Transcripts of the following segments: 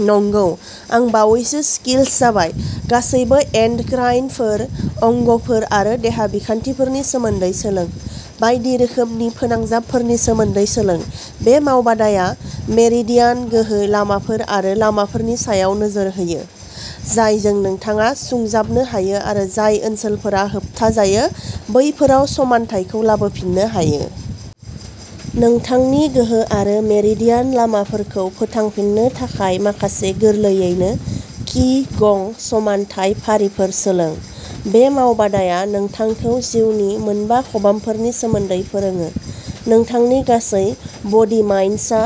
नंगौ, आं बावैसो स्किल्स जाबाय। गासैबो एन्डक्राइनफोर, अंगफोर आरो देहा बिखान्थिफोरनि सोमोन्दै सोलों। बायदि रोखोमनि फोनांजाबफोरनि सोमोन्दै सोलों। बे मावबादाआ मेरिडियान गोहो लामाफोर आरो लामाफोरनि सायाव नोजोर होयो, जायजों नोंथाङा सुंजाबनो हायो आरो जाय ओनसोलफोरा होबथाजायो, बैफोराव समानथायखौ लाबोफिननो हायो। नोंथांनि गोहो आरो मेरिडियान लामाफोरखौ फोथांफिन्नो थाखाय माखासे गोरलैयैनो कि गं समानथाय फारिफोर सोलों। बे मावबादाआ नोंथांखौ जिउनि मोनबा खबामफोरनि सोमोन्दै फोरोङो, नोंथांनि गासै बडीमाइन्डआ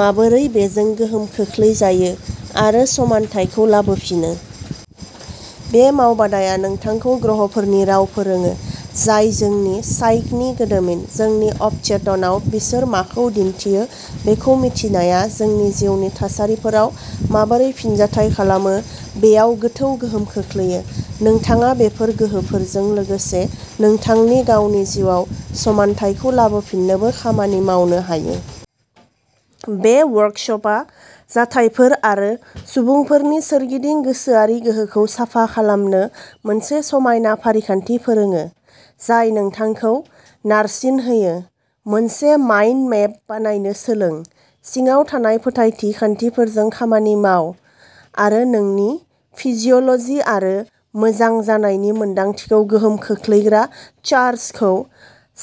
माबोरै बेजों गोहोम खोख्लैजायो, आरो माबोरै समानथायखौ लाबोफिनो। बे मावबादाआ नोंथांखौ ग्रहफोरनि राव फोरोङो, जाय जोंनि साइकनि गोदोमिन। जोंनि अबचेतनआव बिसोर माखौ दिन्थियो बेखौ मिथिनाया जों जिउनि थासारिफोराव माबोरै फिनजाथाय खालामो बेयाव गोथौ गोहोम खोख्लैयो। नोंथाङा बेफोर गोहोफोरजों लोगोसे नोंथांनि गावनि जिउआव समानथायखौ लाबोफिननोबो खामानि मावनो हायो। बे वर्कसपआ जाथायफोर आरो सुबुंफोरनि सोरगिदिं गोसोआरि गोहोखौ साफा खालामनो मोनसे समायना फारिखान्थि फोरोङो, जाय नोंथांखौ नारसिनहोयो। मोनसे माइन्ड मेप बानायनो सोलों, सिङाव थानाय फोथायथि खान्थिफोरजों खामानि माव, आरो नोंनि फिजिअल'जि आरो मोजां जानायनि मोनदांथिखौ गोहोम खोख्लैग्रा चार्जखौ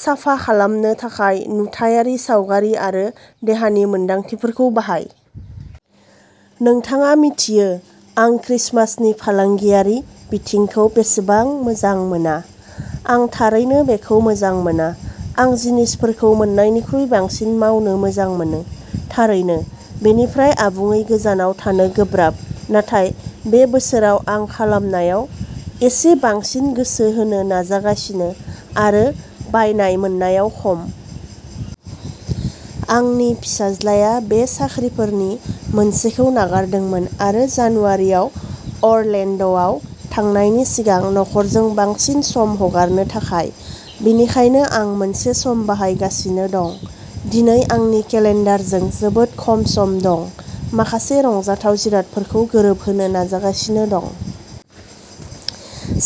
साफा खालामनो थाखाय नुथायारि सावगारि आरो देहानि मोनदांथिफोरखौ बाहाय। नोंथाङा मिथियो आं क्रिसमासनि फालांगियारि बिथिंखौ बेसेबां मोजां मोना। आं थारैनो बेखौ मोजां मोना। आं जिनिसफोरखौ मोननायनिख्रुइ बांसिन मावनो मोजां मोनो। थारैनो, बेनिफ्राय आबुङै गोजानाव थानो गोब्राब नाथाय बे बोसोराव आं खालामनायाव एसे बांसिन गोसो होनो नाजागासिनो, आरो बायनाय/मोननायाव खम। आंनि फिसाज्लाया बे साख्रिफोरनि मोनसेखौ नागारदोंमोन आरो जानुवारियाव अरलेन्ड'आव थांनायनि सिगां नखरजों बांसिन सम हगारनो थाखाय, बेनिखायनो आं मोनसे सम बाहायगासिनो दं। दिनै आंनि केलेन्डारजों जोबोद खम सम दं, माखासे रंजाथाव जिरादफोरखौ गोरोबहोनो नाजागासिनो दं।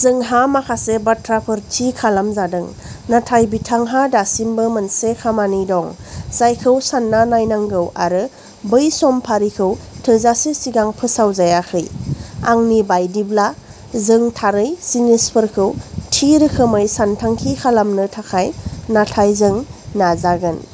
जोंहा माखासे बाथ्राफोर थि खालामजादों नाथाय बिथांहा दासिमबो मोनसे खामानि दं जायखौ सान्ना नायनांगौ आरो बै समफारिखौ थोजासे सिगां फोसावजायाखै, आंनि बायदिब्ला, जों थारै जिनिसफोरखौ थि रोखोमै सानथांखि खालामनो थाखाय, नाथाय जों नाजागोन।